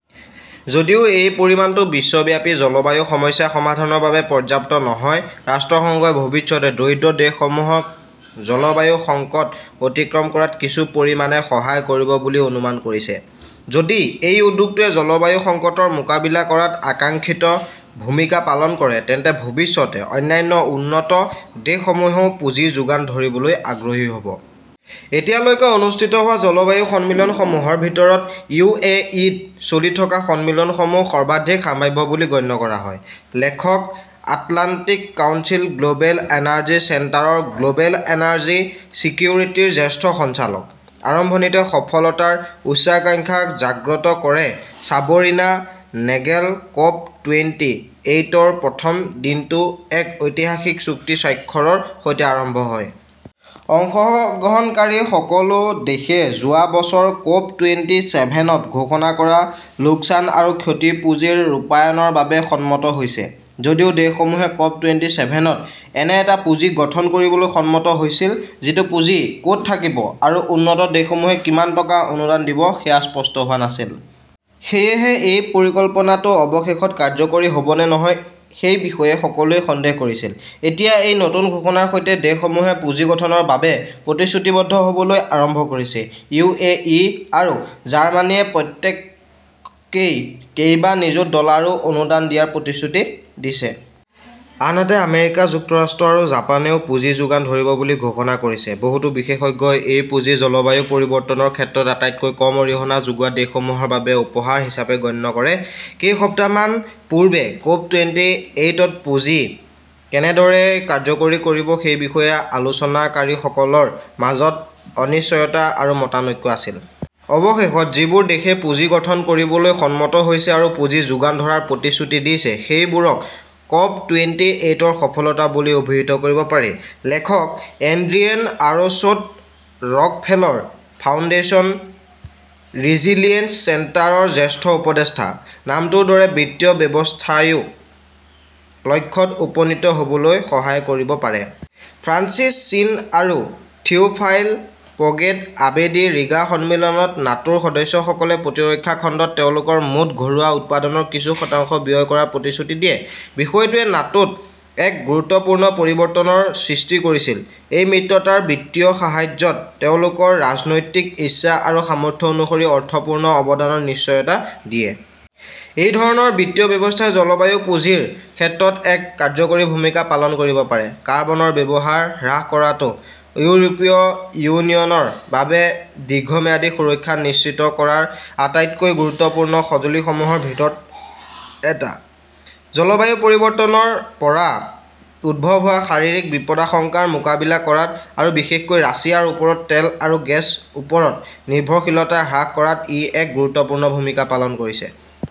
যদিও এই পৰিমাণটো বিশ্বব্যাপী জলবায়ু সমস্যা সমাধানৰ বাবে পৰ্যাপ্ত নহয়, ৰাষ্ট্ৰসংঘই ভৱিষ্যতে দৰিদ্ৰ দেশসমূহক জলবায়ু সংকট অতিক্ৰম কৰাত কিছু পৰিমাণে সহায় কৰিব বুলি অনুমান কৰিছে। যদি এই উদ্যোগটোৱে জলবায়ু সংকটৰ মোকাবিলা কৰাত আকাংক্ষিত ভূমিকা পালন কৰে, তেন্তে ভৱিষ্যতে অন্যান্য উন্নত দেশসমূহেও পুঁজি যোগান ধৰিবলৈ আগ্ৰহী হ 'ব। এতিয়ালৈকে অনুষ্ঠিত হোৱা জলবায়ু সন্মিলনসমূহৰ ভিতৰত ইউ. এ. ই. ত চলি থকা সন্মিলনসমূহ সৰ্বাধিক সম্ভাৱ্য বুলি গণ্য কৰা হয়। লেখকঃ আটলাণ্টিক কাউন্সিল গ্ল'বেল এনাৰ্জি চেণ্টাৰৰ গ্ল'বেল এনাৰ্জি ছেকিউৰিটিৰ জ্যেষ্ঠ সঞ্চালক। আৰম্ভণিতে সফলতাৰ উচ্চাকাংক্ষা জাগ্ৰত কৰে চাবৰিনা নেগেল ক'প টুৱেণ্টি এইটৰ প্ৰথম দিনটো এক ঐতিহাসিক চুক্তি স্বাক্ষৰৰ সৈতে আৰম্ভ হয়। অংশহগ্ৰহণকাৰী সকলো দেশে যোৱা বছৰ ক'প টুৱেণ্টি চেভেনত ঘোষণা কৰা লোকচান আৰু ক্ষতি পুঁজিৰ ৰূপায়ণৰ বাবে সন্মত হৈছে। যদিও দেশসমূহে ক'প টুৱেণ্টি চেভেনত এনে এটা পুঁজি গঠন কৰিবলৈ সন্মত হৈছিল, যিটো পুঁজি ক'ত থাকিব আৰু উন্নত দেশসমূহে কিমান টকা অনুদান দিব, সেয়া স্পষ্ট হোৱা নাছিল। সেয়েহে এই পৰিকল্পনাটো অৱশেষত কাৰ্যকৰী হ'ব নে নহয় সেই বিষয়ে সকলোৱে সন্দেহ কৰিছিল। এতিয়া এই নতুন ঘোষণাৰ সৈতে, দেশসমূহে পুঁজি গঠনৰ বাবে প্ৰতিশ্ৰুতিবদ্ধ হ'বলৈ আৰম্ভ কৰিছে। ইউ এ ই আৰু জাৰ্মানীয়ে প্ৰত্যেকেই কেইবা নিযুত ডলাৰো অনুদান দিয়াৰ প্ৰতিশ্ৰুতি দিছে। আনহাতে আমেৰিকা যুক্তৰাষ্ট্ৰ আৰু জাপানেও পুঁজি যোগান ধৰিব বুলি ঘোষণা কৰিছে। বহুতো বিশেষজ্ঞই এই পুঁজি জলবায়ু পৰিৱৰ্তনৰ ক্ষেত্ৰত আটাইতকৈ কম অৰিহণা যোগোৱা দেশসমূহৰ বাবে উপহাৰ হিচাপে গণ্য কৰে। কেইসপ্তাহমান পূৰ্বে ক'প টুৱেণ্টি এইটত পুঁজি কেনেদৰে কাৰ্যকৰী কৰিব পাৰি সেই বিষয়ে আলোচনাকাৰীসকলৰ মাজত অনিশ্চয়তা আৰু মতানৈক্য আছিল। অৱশেষত যিবোৰ দেশে পুঁজি গঠন কৰিবলৈ সন্মত হৈছে আৰু পুঁজি যোগান ধৰাৰ প্ৰতিশ্ৰুতি দিছে, সেইবোৰক ক'প টুৱেণ্টি এইটৰ সফলতা বুলি অভিহিত কৰিব পাৰি। লেখকঃ এড্ৰিয়েন আৰশ্বট-ৰকফেলৰ ফাউণ্ডেশ্যন ৰিজিলিএন্স চেণ্টাৰৰ জ্যেষ্ঠ উপদেষ্টা। নাটোৰ দৰে বিত্তীয় ব্যৱস্থাই লক্ষ্যত উপনীত হ'বলৈ সহায় কৰিব পাৰে। ফ্ৰান্সিছ শ্বিন আৰু থিওফাইল পগেট-আবেদী ৰিগা সন্মিলনত নাটোৰ সদস্যসকলে প্ৰতিৰক্ষা খণ্ডত তেওঁলোকৰ মুঠ ঘৰুৱা উৎপাদনৰ কিছু শতাংশ ব্যয় কৰাৰ প্ৰতিশ্ৰুতি দিয়ে। বিষয়টোৱে নাটোত এক গুৰুত্বপূৰ্ণ পৰিৱৰ্তনৰ সৃষ্টি কৰিছিল। ই মিত্ৰতাৰ বিত্তীয় সাহায্যত তেওঁলোকৰ ৰাজনৈতিক ইচ্ছা আৰু সামৰ্থ্য অনুসৰি অৰ্থপূৰ্ণ অৱদানৰ নিশ্চয়তা দিয়ে। এই ধৰণৰ বিত্তীয় ব্যৱস্থাই জলবায়ু পুঁজিৰ ক্ষেত্ৰত এক কাৰ্যকৰী ভূমিকা পালন কৰিব পাৰে। কাৰ্বনৰ ব্যৱহাৰ হ্ৰাস কৰাটো ইউৰোপীয় ইউনিয়নৰ বাবে দীৰ্ঘম্যাদী সুৰক্ষা নিশ্চিত কৰাৰ আটাইতকৈ গুৰুত্বপূৰ্ণ সঁজুলিসমূহৰ ভিতৰত এটা। জলবায়ু পৰিৱৰ্তনৰ পৰা উদ্ভৱ হোৱা শাৰীৰিক বিপদাশংকাৰ মোকাবিলা কৰাত আৰু বিশেষকৈ ৰাছিয়াৰ ওপৰত তেল আৰু গেছৰ ওপৰত নিৰ্ভৰশীলতা হ্ৰাস কৰাত ই এক গুৰুত্বপূৰ্ণ ভূমিকা পালন কৰিছে।